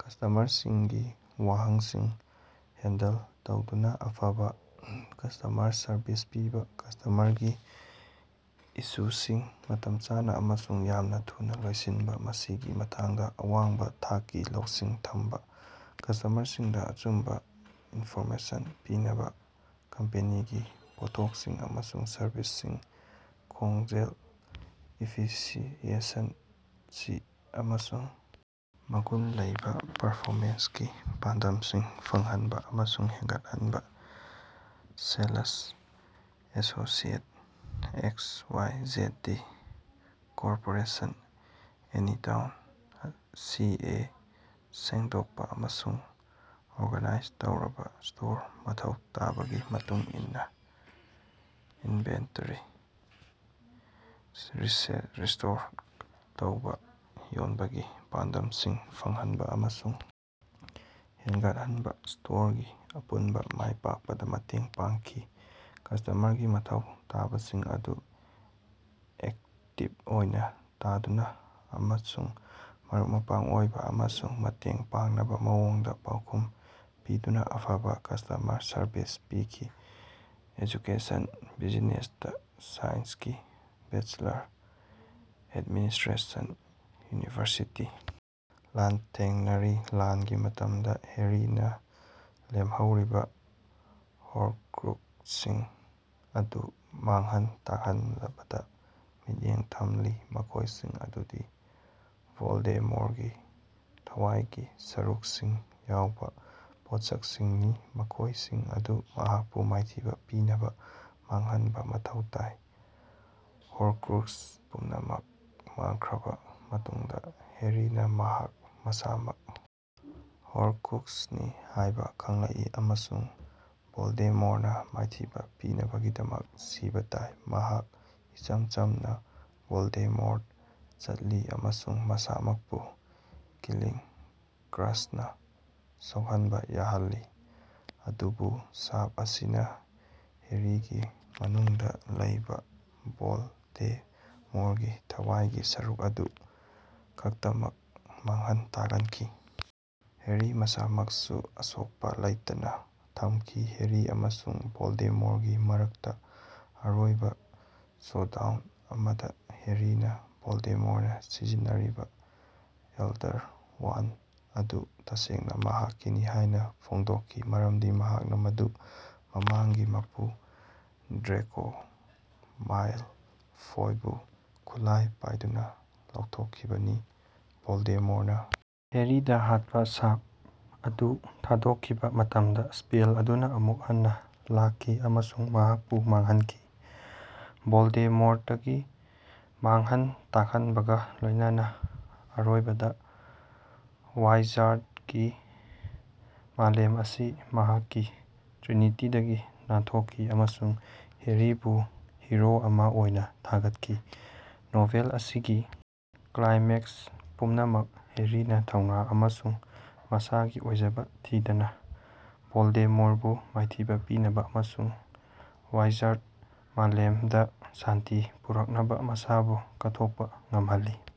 ꯀꯁ꯭ꯇꯃꯔꯁꯤꯡꯒꯤ ꯋꯥꯍꯪꯁꯤꯡ ꯍꯦꯟꯗꯜ ꯇꯧꯗꯨꯅ ꯑꯐꯕ ꯀꯁ꯭ꯇꯃꯔ ꯁꯔꯚꯤꯁ ꯄꯤꯕ ꯀꯁ꯭ꯇꯃꯔꯒꯤ ꯏꯁꯨꯁꯤꯡ ꯃꯇꯝ ꯆꯥꯅ ꯑꯃꯁꯨꯡ ꯌꯥꯝꯅ ꯊꯨꯅ ꯂꯣꯏꯁꯤꯟꯕ ꯃꯁꯤꯒꯤ ꯃꯇꯥꯡꯗ ꯑꯋꯥꯡꯕ ꯊꯥꯛꯀꯤ ꯂꯧꯁꯤꯡ ꯊꯝꯕ꯫ ꯀꯁ꯭ꯇꯃꯔꯁꯤꯡꯗ ꯑꯆꯨꯝꯕ ꯏꯟꯐꯣꯔꯃꯦꯁꯟ ꯄꯤꯅꯕ ꯀꯝꯄꯦꯅꯤꯒꯤ ꯄꯣꯠꯊꯣꯛꯁꯤꯡ ꯑꯃꯁꯨꯡ ꯁꯔꯕꯤꯁꯁꯤꯡ ꯈꯣꯡꯖꯦꯜ, ꯏꯐꯤꯁꯤꯑꯦꯟꯁꯤ, ꯑꯃꯁꯨꯡ ꯃꯒꯨꯟ ꯂꯩꯕ ꯄꯔꯐꯣꯃꯦꯟꯁꯀꯤ ꯄꯥꯟꯗꯝꯁꯤꯡ ꯐꯪꯍꯟꯕ ꯑꯃꯁꯨꯡ ꯍꯦꯟꯒꯠꯍꯟꯕ sales associate X Y J D corporation, Anytown, C A ꯁꯦꯡꯗꯣꯛꯄ ꯑꯃꯁꯨꯡ ꯑꯣꯔꯒꯅꯥꯏꯖ ꯇꯧꯔꯕ ꯁ꯭ꯇꯣꯔ, ꯃꯊꯧ ꯇꯥꯕꯒꯤ ꯃꯇꯨꯡ ꯏꯟꯅ ꯏꯟꯚꯦꯟꯇꯔꯤ ꯔꯤꯁ꯭ꯇꯣꯛ ꯇꯧꯕ ꯌꯣꯟꯕꯒꯤ ꯄꯥꯟꯗꯝꯁꯤꯡ ꯐꯪꯍꯟꯕ ꯑꯃꯁꯨꯡ ꯍꯦꯟꯒꯠꯍꯟꯕ, ꯁ꯭ꯇꯣꯔꯒꯤ ꯑꯄꯨꯟꯕ ꯃꯥꯏꯄꯥꯛꯄꯗ ꯃꯇꯦꯡ ꯄꯥꯡꯈꯤꯕ ꯀꯁ꯭ꯇꯃꯔꯒꯤ ꯃꯊꯧ ꯇꯥꯕꯁꯤꯡ ꯑꯗꯨ ꯑꯦꯛꯇꯤꯕ ꯑꯣꯏꯅ‌ ꯇꯥꯗꯨꯅ ꯑꯃꯁꯨꯡ ꯃꯔꯨꯞ-ꯃꯄꯥꯡ ꯑꯣꯏꯕ ꯑꯃꯁꯨꯡ ꯃꯇꯦꯡ ꯄꯥꯡꯅꯕ ꯃꯑꯣꯡꯗ ꯄꯥꯎꯈꯨꯝ ꯄꯤꯗꯨꯅ ꯑꯐꯕ ꯀꯁ꯭ꯇꯃꯔ ꯁꯔꯕꯤꯁ ꯄꯤꯈꯤ ꯑꯦꯖꯨꯀꯦꯁꯟ - ꯕꯤꯖꯤꯅꯦꯁꯇꯥ ꯁꯥꯏꯟꯁꯀꯤ ꯕꯦꯆꯦꯂꯔ꯫ Administration university ꯂꯥꯟꯊꯦꯡꯅꯔꯤ꯫ ꯂꯥꯟꯒꯤ ꯃꯇꯝꯗ ꯍꯦꯔꯤꯅ ꯂꯦꯝꯍꯧꯔꯤꯕ ꯍꯣꯔꯀ꯭ꯔꯨꯛꯁꯁꯤꯡ ꯑꯗꯨ ꯃꯥꯡꯍꯟ ꯇꯥꯛꯍꯟꯕꯗ ꯃꯤꯠꯌꯦꯡ ꯊꯝꯂꯤ, ꯃꯈꯣꯏꯁꯤꯡ ꯑꯗꯨꯗꯤ ꯚꯣꯜꯗꯦꯃꯣꯔꯒꯤ ꯊꯋꯥꯏꯒꯤ ꯁꯔꯨꯛꯁꯤꯡ ꯌꯥꯎꯕ ꯄꯣꯠꯁꯛꯁꯤꯡꯅꯤ, ꯃꯈꯣꯏꯁꯤꯡ ꯑꯗꯨ ꯃꯍꯥꯛꯄꯨ ꯃꯥꯏꯊꯤꯕ ꯄꯤꯅꯕ ꯃꯥꯡꯍꯟꯕ ꯃꯊꯧ ꯇꯥꯏ꯫ ꯍꯣꯔꯀ꯭ꯔꯨꯛꯁ ꯄꯨꯝꯅꯃꯛ ꯃꯥꯡꯈ꯭ꯔꯕ ꯃꯇꯨꯡꯗ, ꯍꯦꯔꯤꯅ ꯃꯍꯥꯛ ꯃꯁꯥꯃꯛ ꯍꯣꯔꯀ꯭ꯔꯨꯛꯁꯅꯤ ꯍꯥꯏꯕ ꯈꯪꯂꯛꯏ, ꯑꯃꯁꯨꯡ ꯚꯣꯜꯗꯦꯃꯣꯔꯅ ꯃꯥꯏꯊꯤꯕ ꯄꯤꯅꯕꯒꯤꯗꯃꯛ ꯁꯤꯕ ꯇꯥꯏ꯫ ꯃꯍꯥꯛ ꯏꯆꯝ ꯆꯝꯅ ꯚꯣꯜꯗꯦꯃꯣꯔꯗ ꯆꯠꯂꯤ ꯑꯃꯁꯨꯡ ꯃꯁꯥꯃꯛꯄꯨ ꯀꯤꯂꯤꯡ ꯀꯔꯁꯅꯥ ꯁꯣꯛꯍꯟꯕ ꯌꯥꯍꯜꯂꯤ꯫ ꯑꯗꯨꯕꯨ ꯁꯥꯞ ꯑꯁꯤꯅ ꯍꯦꯔꯤꯒꯤ ꯃꯅꯨꯡꯗ ꯂꯩꯕ ꯚꯣꯜꯗꯦꯃꯣꯔꯒꯤ ꯊꯋꯥꯏꯒꯤ ꯁꯔꯨꯛ ꯑꯗꯨ ꯈꯛꯇꯃꯛ ꯃꯥꯡꯍꯟ ꯇꯥꯛꯍꯟꯈꯤ, ꯍꯦꯔꯤ ꯃꯁꯥꯃꯛꯁꯨ ꯑꯁꯣꯛꯄ ꯂꯩꯇꯅ ꯊꯝꯈꯤ꯫ ꯍꯦꯔꯤ ꯑꯃꯁꯨꯡ ꯚꯣꯜꯗꯦꯃꯣꯔꯒꯤ ꯃꯔꯛꯇ ꯑꯔꯣꯏꯕ ꯁꯣꯗꯥꯎꯟ ꯑꯃꯗ ꯍꯦꯔꯤꯅ ꯚꯣꯜꯗꯦꯃꯣꯔꯅ ꯁꯤꯖꯤꯟꯅꯔꯤꯕ ꯑꯦꯜꯗꯔ ꯋꯥꯟꯗ ꯑꯗꯨ ꯇꯁꯦꯡꯅ ꯃꯍꯥꯛꯀꯤꯅꯤ ꯍꯥꯏꯅ ꯐꯣꯡꯗꯣꯠꯈꯤ ꯃꯔꯝꯗꯤ ꯃꯍꯥꯛꯅ ꯃꯗꯨꯒꯤ ꯃꯃꯥꯡꯒꯤ ꯃꯄꯨ ꯗ꯭ꯔꯦꯀꯣ ꯃꯥꯜꯐꯣꯏꯕꯨ ꯈꯨꯠꯂꯥꯏ ꯄꯥꯏꯗꯨꯅ ꯂꯧꯊꯣꯛꯈꯤꯕꯅꯤ꯫ ꯚꯣꯜꯗꯦꯃꯣꯔꯅ ꯍꯦꯔꯤꯗ ꯍꯥꯠꯄ‌ ꯁꯥꯞ ꯑꯗꯨ ꯊꯥꯗꯣꯛꯈꯤꯕ ꯃꯇꯝꯗ, ꯁ꯭ꯄꯦꯜ ꯑꯗꯨꯅ ꯑꯃꯨꯛ ꯍꯟꯅ‌ ꯂꯥꯛꯈꯤ ꯑꯃꯁꯨꯡ ꯃꯍꯥꯛꯄꯨ ꯃꯥꯡꯍꯟꯈꯤ꯫ ꯚꯣꯜꯗꯦꯃꯣꯔꯇꯀꯤ ꯃꯥꯡꯍꯟ ꯇꯥꯛꯍꯟꯕꯒ ꯂꯣꯏꯅꯅ‌ ꯑꯔꯣꯏꯕꯗ ꯋꯥꯏꯖꯥꯔꯗꯀꯤ ꯃꯥꯂꯦꯝ ꯑꯁꯤ ꯃꯍꯥꯛꯀꯤ ꯇ꯭ꯔꯤꯅꯤꯇꯤꯗꯒꯤ ꯅꯥꯟꯊꯣꯛꯈꯤ, ꯑꯃꯁꯨꯡ ꯍꯦꯔꯤꯕꯨ ꯍꯤꯔꯣ ꯑꯃ ꯑꯣꯏꯅ ꯊꯥꯒꯠꯈꯤ꯫ ꯅꯣꯚꯦꯜ ꯑꯁꯤꯒꯤ ꯀ꯭ꯂꯥꯏꯃꯦꯛꯁ ꯄꯨꯝꯅꯃꯛꯇ ꯍꯦꯔꯤꯅ ꯊꯧꯅ‌ ꯑꯃꯁꯨꯡ ꯃꯁꯥꯒꯤ ꯑꯣꯏꯖꯕ ꯊꯤꯗꯅ ꯚꯣꯜꯗꯦꯃꯣꯔꯕꯨ ꯃꯥꯏꯊꯤꯕ ꯄꯤꯅꯕ ꯑꯃꯁꯨꯡ ꯋꯥꯏꯖꯥꯔꯗ ꯃꯥꯂꯦꯝꯗ ꯁꯥꯟꯇꯤ ꯄꯨꯔꯛꯅꯕ ꯃꯁꯥꯕꯨ ꯀꯠꯊꯣꯠꯄ ꯉꯝꯍꯜꯂꯤ꯫